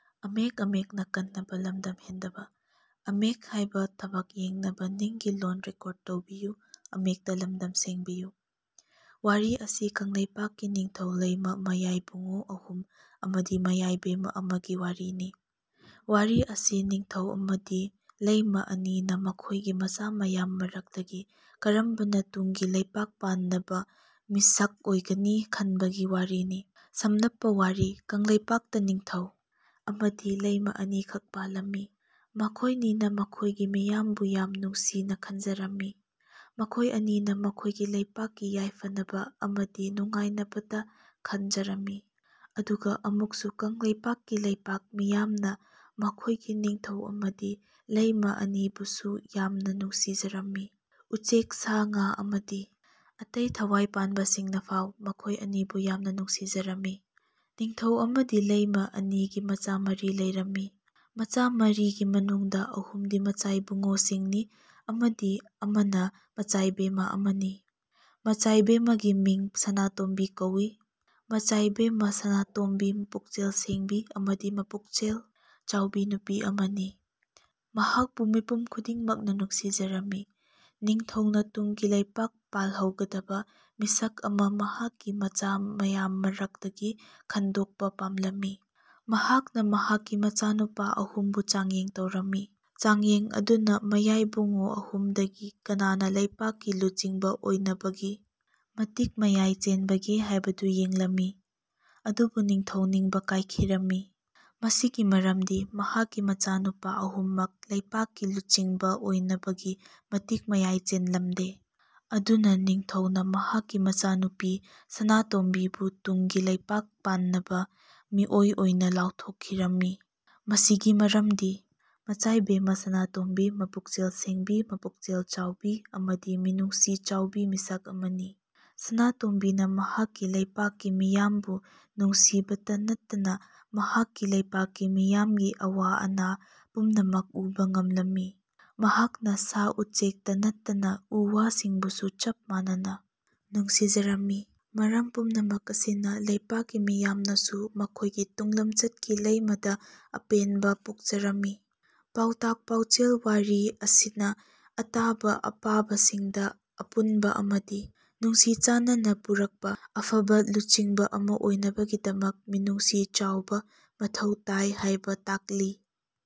ꯋꯥꯔꯤ ꯑꯁꯤ ꯀꯪꯂꯩꯄꯥꯛꯀꯤ ꯅꯤꯡꯊꯧ ꯂꯩꯃ ꯃꯌꯥꯏꯕꯨꯡꯉꯣ ꯑꯍꯨꯝ ꯑꯃꯗꯤ ꯃꯌꯥꯏꯕꯦꯝꯃ ꯑꯃꯒꯤ ꯋꯥꯔꯤꯅꯤ꯫ ꯋꯥꯔꯤ ꯑꯁꯤ ꯅꯤꯡꯊꯧ ꯑꯃꯗꯤ ꯂꯩꯃ ꯑꯅꯤꯅ ꯃꯈꯣꯢꯒꯤ ꯃꯆꯥ ꯃꯌꯥꯝ ꯃꯔꯛꯇꯒꯤ ꯀꯔꯝꯕꯅ ꯇꯨꯡꯒꯤ ꯂꯩꯄꯥꯛ ꯄꯥꯟꯅꯕ ꯃꯤꯁꯛ ꯑꯣꯢꯒꯅꯤ ꯈꯟꯕꯒꯤ ꯋꯥꯔꯤꯅꯤ꯫ ꯁꯝꯂꯞꯄ ꯋꯥꯔꯤ ꯀꯪꯂꯩꯄꯥꯛꯇ ꯅꯤꯡꯊꯧ ꯑꯃꯗꯤ ꯂꯩꯃ ꯑꯅꯤꯈꯛ ꯄꯥꯂꯝꯃꯤ꯫ꯃꯈꯣꯢꯅꯤꯅ ꯃꯈꯣꯢꯒꯤ ꯃꯤꯌꯥꯝꯕꯨ ꯌꯥꯝ ꯅꯨꯡꯁꯤꯅ ꯈꯟꯖꯔꯝꯃꯤ꯫ ꯃꯈꯣꯢ ꯑꯅꯤꯅ ꯃꯈꯣꯢꯒꯤ ꯂꯩꯄꯥꯛꯀꯤ ꯌꯥꯢꯐꯅꯕ ꯑꯃꯗꯤ ꯅꯨꯡꯉꯥꯢꯅꯕꯇ ꯈꯟꯖꯔꯝꯃꯤ꯫ ꯑꯗꯨꯒ ꯑꯃꯨꯛꯁꯨ ꯀꯪꯂꯩꯄꯥꯛꯀꯤ ꯂꯩꯄꯥꯛ ꯃꯤꯌꯥꯝꯅ ꯃꯈꯣꯢꯒꯤ ꯅꯤꯡꯊꯧ ꯑꯃꯗꯤ ꯂꯩꯃ ꯑꯅꯤꯕꯨꯁꯨ ꯌꯥꯝꯅ ꯅꯨꯡꯁꯤꯖꯔꯝꯃꯤ꯫ ꯎꯆꯦꯛ ꯁꯥ ꯉꯥ ꯑꯃꯗꯤ ꯑꯇꯩ ꯊꯋꯥꯢ ꯄꯥꯟꯕꯁꯤꯡꯅꯐꯥꯎ ꯃꯈꯣꯢ ꯑꯅꯤꯕꯨ ꯌꯥꯝꯅ ꯅꯨꯡꯁꯤꯖꯔꯝꯃꯤ꯫ ꯅꯤꯡꯊꯧ ꯑꯃꯗꯤ ꯂꯩꯃ ꯑꯅꯤꯒꯤ ꯃꯆꯥ ꯃꯔꯤ ꯂꯩꯔꯝꯃꯤ꯫ ꯃꯆꯥ ꯃꯔꯤꯒꯤ ꯃꯅꯨꯡꯗ ꯑꯍꯨꯝꯗꯤ ꯃꯆꯥꯏꯕꯨꯡꯉꯣꯁꯤꯡꯅꯤ ꯑꯃꯗꯤ ꯑꯃꯅ ꯃꯆꯥꯏꯕꯦꯝꯃ ꯑꯃꯅꯤ꯫ ꯃꯆꯥꯏꯕꯦꯝꯃꯒꯤ ꯃꯤꯡ ꯁꯅꯥꯇꯣꯝꯕꯤ ꯀꯧꯏ꯫ ꯃꯆꯥꯏꯕꯦꯝꯃ ꯁꯅꯥꯇꯣꯝꯕꯤ ꯃꯄꯨꯛꯆꯦꯜ ꯁꯦꯡꯕꯤ ꯑꯃꯗꯤ ꯃꯄꯨꯛꯆꯦꯜ ꯆꯥꯎꯕꯤ ꯅꯨꯄꯤ ꯑꯃꯅꯤ꯫ ꯃꯍꯥꯛꯄꯨ ꯃꯤꯄꯨꯝ ꯈꯨꯗꯤꯡꯃꯛꯅ ꯅꯨꯡꯁꯤꯖꯔꯝꯃꯤ꯫ ꯅꯤꯡꯊꯧꯅ ꯇꯨꯡꯒꯤ ꯂꯩꯄꯥꯛ ꯄꯥꯜꯍꯧꯒꯗꯕ ꯃꯤꯁꯛ ꯑꯃ ꯃꯍꯥꯛꯀꯤ ꯃꯆꯥ ꯃꯌꯥꯝ ꯃꯔꯛꯇꯒꯤ ꯈꯟꯗꯣꯛꯄ ꯄꯥꯝꯂꯝꯃꯤ꯫ ꯃꯍꯥꯛꯅ ꯃꯍꯥꯛꯀꯤ ꯃꯆꯥꯅꯨꯄꯥ ꯑꯍꯨꯝꯕꯨ ꯆꯥꯡꯌꯦꯡ ꯇꯧꯔꯝꯃꯤ꯫ ꯆꯥꯡꯌꯦꯡ ꯑꯗꯨꯅ ꯃꯆꯥꯏꯕꯨꯡꯉꯣ ꯑꯍꯨꯝꯗꯒꯤ ꯀꯅꯥꯅ ꯂꯩꯄꯥꯛꯀꯤ ꯂꯨꯆꯤꯡꯕ ꯑꯣꯢꯅꯕꯒꯤ ꯃꯇꯤꯛ ꯃꯌꯥꯢ ꯆꯦꯟꯕꯒꯦ ꯍꯥꯢꯕꯗꯨ ꯌꯦꯡꯂꯝꯃꯤ꯫ ꯑꯗꯨꯕꯨ ꯅꯤꯡꯊꯧ ꯅꯤꯡꯕ ꯀꯥꯢꯈꯤꯔꯝꯃꯤ꯫ ꯃꯁꯤꯒꯤ ꯃꯔꯝꯗꯤ ꯃꯍꯥꯛꯀꯤ ꯃꯆꯥꯅꯨꯄꯥ ꯑꯍꯨꯝꯃꯛ ꯂꯩꯄꯥꯛꯀꯤ ꯂꯨꯆꯤꯡꯕ ꯑꯣꯢꯅꯕꯒꯤ ꯃꯇꯤꯛ ꯃꯌꯥꯢ ꯆꯦꯟꯂꯝꯗꯦ꯫ ꯑꯗꯨꯅ ꯅꯤꯡꯊꯧꯅ ꯃꯍꯥꯛꯀꯤ ꯃꯆꯥꯅꯨꯄꯤ ꯁꯅꯥꯇꯣꯝꯕꯤꯕꯨ ꯇꯨꯡꯒꯤ ꯂꯩꯄꯥꯛ ꯄꯥꯟꯅꯕ ꯃꯤꯑꯣꯢ ꯑꯣꯢꯅ ꯂꯥꯎꯊꯣꯛꯈꯤꯔꯝꯃꯤ꯫ ꯃꯁꯤꯒꯤ ꯃꯔꯝꯗꯤ ꯃꯆꯥꯏꯕꯦꯝꯃ ꯁꯅꯥꯇꯣꯝꯕꯤ ꯃꯄꯨꯛꯆꯦꯜ ꯁꯦꯡꯕꯤ ꯃꯄꯨꯛꯆꯦꯜ ꯆꯥꯎꯕꯤ ꯑꯃꯗꯤ ꯃꯤꯅꯨꯡꯁꯤ ꯆꯥꯎꯕꯤ ꯃꯤꯁꯛ ꯑꯃꯅꯤ꯫ ꯁꯅꯥꯇꯣꯝꯕꯤꯅ ꯃꯍꯥꯛꯀꯤ ꯂꯩꯄꯥꯛꯀꯤ ꯃꯤꯌꯥꯝꯕꯨ ꯅꯨꯡꯁꯤꯕꯇ ꯅꯠꯇꯅ ꯃꯍꯥꯛꯀꯤ ꯂꯩꯄꯥꯛꯀꯤ ꯃꯤꯌꯥꯝꯒꯤ ꯑꯋꯥ ꯑꯅꯥ ꯄꯨꯝꯅꯃꯛ ꯎꯕ ꯉꯝꯂꯝꯃꯤ꯫ ꯃꯍꯥꯛꯅ ꯁꯥ ꯎꯆꯦꯛꯇ ꯅꯠꯇꯅ ꯎ ꯋꯥꯁꯤꯡꯕꯨꯁꯨ ꯆꯞ ꯃꯥꯟꯅꯅ ꯅꯨꯡꯁꯤꯖꯔꯝꯃꯤ꯫ ꯃꯔꯝ ꯄꯨꯝꯅꯃꯛ ꯑꯁꯤꯅ ꯂꯩꯄꯥꯛꯀꯤ ꯃꯤꯌꯥꯝꯅꯁꯨ ꯃꯈꯣꯢꯒꯤ ꯇꯨꯡꯂꯝꯆꯠꯀꯤ ꯂꯩꯃꯗ ꯑꯄꯦꯟꯕ ꯄꯣꯛꯆꯔꯝꯃꯤ꯫ ꯄꯥꯎꯇꯥꯛ ꯄꯥꯎꯆꯦꯜ ꯋꯥꯔꯤ ꯑꯁꯤꯅ ꯑꯇꯥꯕ ꯑꯄꯥꯕꯁꯤꯡꯗ ꯑꯄꯨꯟꯕ ꯑꯃꯗꯤ ꯅꯨꯡꯁꯤ ꯆꯥꯟꯅꯕ ꯄꯨꯔꯛꯄ ꯑꯐꯕ ꯂꯨꯆꯤꯡꯕ ꯑꯃ ꯑꯣꯢꯅꯕꯒꯤꯗꯃꯛꯇ ꯃꯤꯅꯨꯡꯁꯤ ꯆꯥꯎꯕ ꯃꯊꯧ ꯇꯥꯢ ꯍꯥꯏꯕ ꯇꯥꯛꯂꯤ꯫